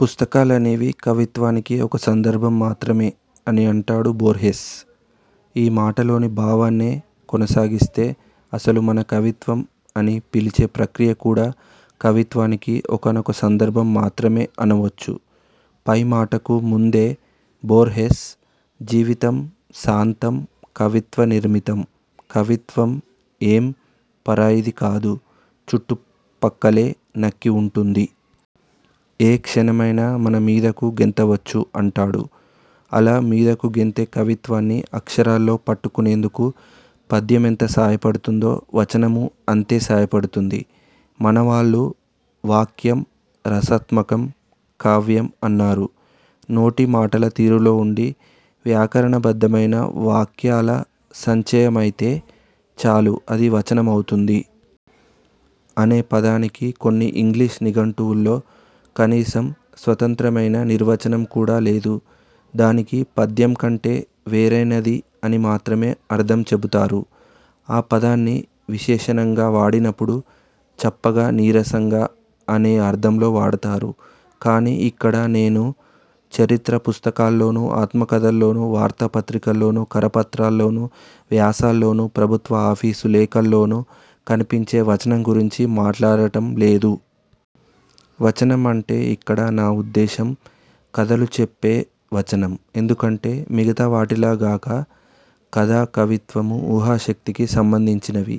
"పుస్తకాలనేవి కవిత్వానికి ఒక సందర్భం మాత్రమే'' అని అంటాడు బోర్హెస్. ఈ మాటలోని భావాన్నే కొనసాగిస్తే, అసలు మనం కవిత్వం అని పిలిచే ప్రక్రియ కూడా కవిత్వానికి ఒకానొక సందర్భం మాత్రమే అనవచ్చు. పై మాటకు ముందే బోర్హెస్, ''జీవితం సాంతం కవిత్వ నిర్మితం. కవిత్వమ్ ఎం పరాయిది కాదు, చుట్టుపక్కలే నక్కి వుంటుంది. ఏ క్షణమైనా మన మీదకు గెంతవచ్చు'' అంటాడు. అలా మీదకు గెంతే కవిత్వాన్ని అక్షరాల్లో పట్టుకునేందుకు పద్యమెంత సాయపడుతుందో, వచనమూ అంతే సాయపడుతుంది. మనవాళ్లు ''వాక్యం రసాత్మకం కావ్యం'' అన్నారు. నోటి మాటల తీరులో ఉండి, వ్యాకరణబద్ధమైన వాక్యాల సంచయమైతే చాలు అది వచనం అవుతుంది. ' అనే పదానికి కొన్ని ఇంగ్లీష్ నిఘంటువుల్లో కనీసం స్వతంత్రమైన నిర్వచనం కూడా లేదు. దానికి పద్యం కంటే వేరైనది అని మాత్రమే అర్థం చెబుతారు. ఆ పదాన్ని విశేషణంగా వాడినపుడు 'చప్పగా', 'నీరసంగా' అనే అర్థంలో వాడతారు. కానీ ఇక్కడ నేను చరిత్ర పుస్తకాల్లోనూ, ఆత్మకథల్లోనూ, వార్తాపత్రికల్లోనూ, కరపత్రాల్లోనూ, వ్యాసాల్లోనూ, ప్రభుత్వ ఆఫీసు లేఖల్లోనూ కనిపించే వచనం గురించి మాట్లాడటం లేదు. వచనం అంటే ఇక్కడ నా ఉద్దేశం కథలు చెప్పే వచనం. ఎందుకంటే, మిగతావాటిలా గాక కథా, కవిత్వమూ ఊహాశక్తికి సంబంధించినవి.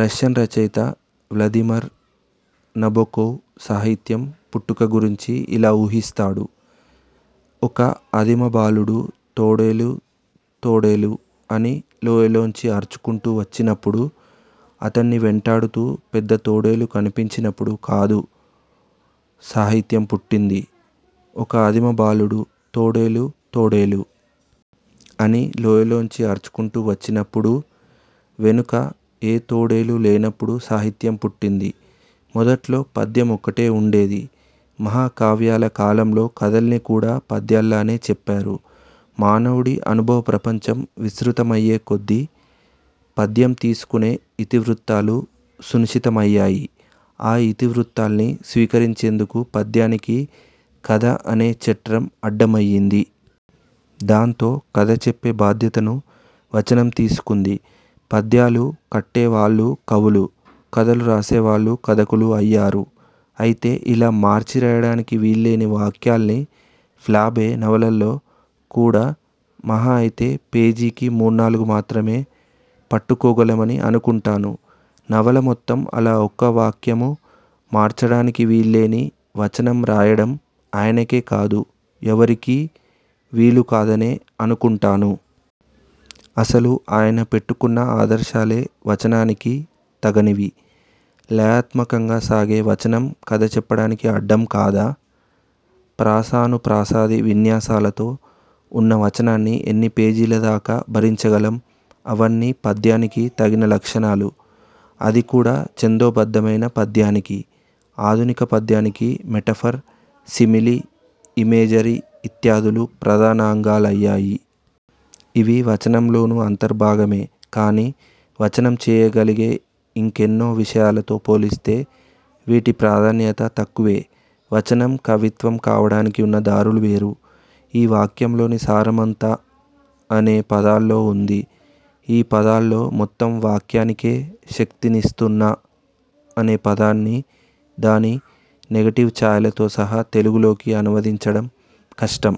రష్యన్ రచయిత వ్లదీమర్ నబొకొవ్ సాహిత్యం పుట్టుక గురించి ఇలా ఊహిస్తాడు ''ఒక ఆదిమ బాలుడు 'తోడేలు తోడేలు! ' అని లోయలోంచి అరుచుకుంటూ వచ్చినప్పుడూ, అతడ్ని వెంటాడుతూ పెద్ద తోడేలు కనిపించినప్పుడూ కాదు సాహిత్యం పుట్టింది ఒక ఆదిమ బాలుడు 'తోడేలు తోడేలు! ' అని లోయలోంచి అరుచుకుంటూ వచ్చినప్పుడూ, వెనక ఏ తోడేలూ లేనప్పుడూ సాహిత్యం పుట్టింది. '' మొదట్లో పద్యం ఒక్కటే ఉండేది. మహాకావ్యాల కాలంలో కథల్ని కూడా పద్యాల్లోనే చెప్పారు. మానవుడి అనుభవ ప్రపంచం విస్తృతమయ్యే కొద్దీ పద్యం తీసుకునే ఇతివృ త్తాలు సునిశితమయ్యాయి. ఆ ఇతివృత్తాల్ని స్వీకరించేందుకు పద్యానికి కథ అనే చట్రం అడ్డమయ్యింది. దాంతో కథ చెప్పే బాధ్యతను వచనం తీసుకుంది. పద్యాలు కట్టేవాళ్ళు కవులూ, కథలు రాసేవాళ్ళు కథకులూ అయ్యారు. అయితే ఇలా మార్చి రాయటానికి వీల్లేని వాక్యాల్ని ఫ్లాబె నవలల్లో కూడా మహా అయితే పేజీకి మూణ్ణాలుగు మాత్రమే పట్టుకోగలమని అనుకుంటాను. నవల మొత్తం అలా ఒక్క వాక్యమూ ''మార్చటానికి వీల్లేని'' వచనం రాయటం ఆయనకే కాదు, ఎవరికీ వీలు కాదనే అనుకుంటాను. అసలు ఆయన పెట్టుకున్న ఆదర్శాలే వచనానికి తగనివి. లయాత్మకతంగా సాగే వచనం కథ చెప్పటానికి అడ్డం కాదా? ప్రాసానుప్రాసాది విన్యాసాలతో వున్న వచనాన్ని ఎన్ని పేజీల దాకా భరించగలం? అవన్నీ పద్యానికి తగిన లక్షణాలు. అది కూడా ఛందోబద్ధమైన పద్యానికి. ఆధునిక పద్యానికి మెటఫర్, సిమిలీ, ఇమేజరీ ఇత్యాదులు ప్రధానాంగాలయ్యాయి. ఇవి వచనంలోనూ అంతర్భాగమే. కానీ వచనం చేయగలిగే ఇంకెన్నో విషయాలతో పోలిస్తే వీటి ప్రాధాన్యత తక్కువే. వచనం కవిత్వం కావటానికి ఉన్న దారులు వేరు. ఈ వాక్యంలోని సారమంతా ""'' అనే పదాల్లో ఉంది. ఈ పదాల్లో మొత్తం వాక్యానికే శక్తినిస్తున్న ""'' అనే పదాన్ని దాని నెగెటివ్ ఛాయలతో సహా తెలుగులోకి అనువదించటం కష్టం"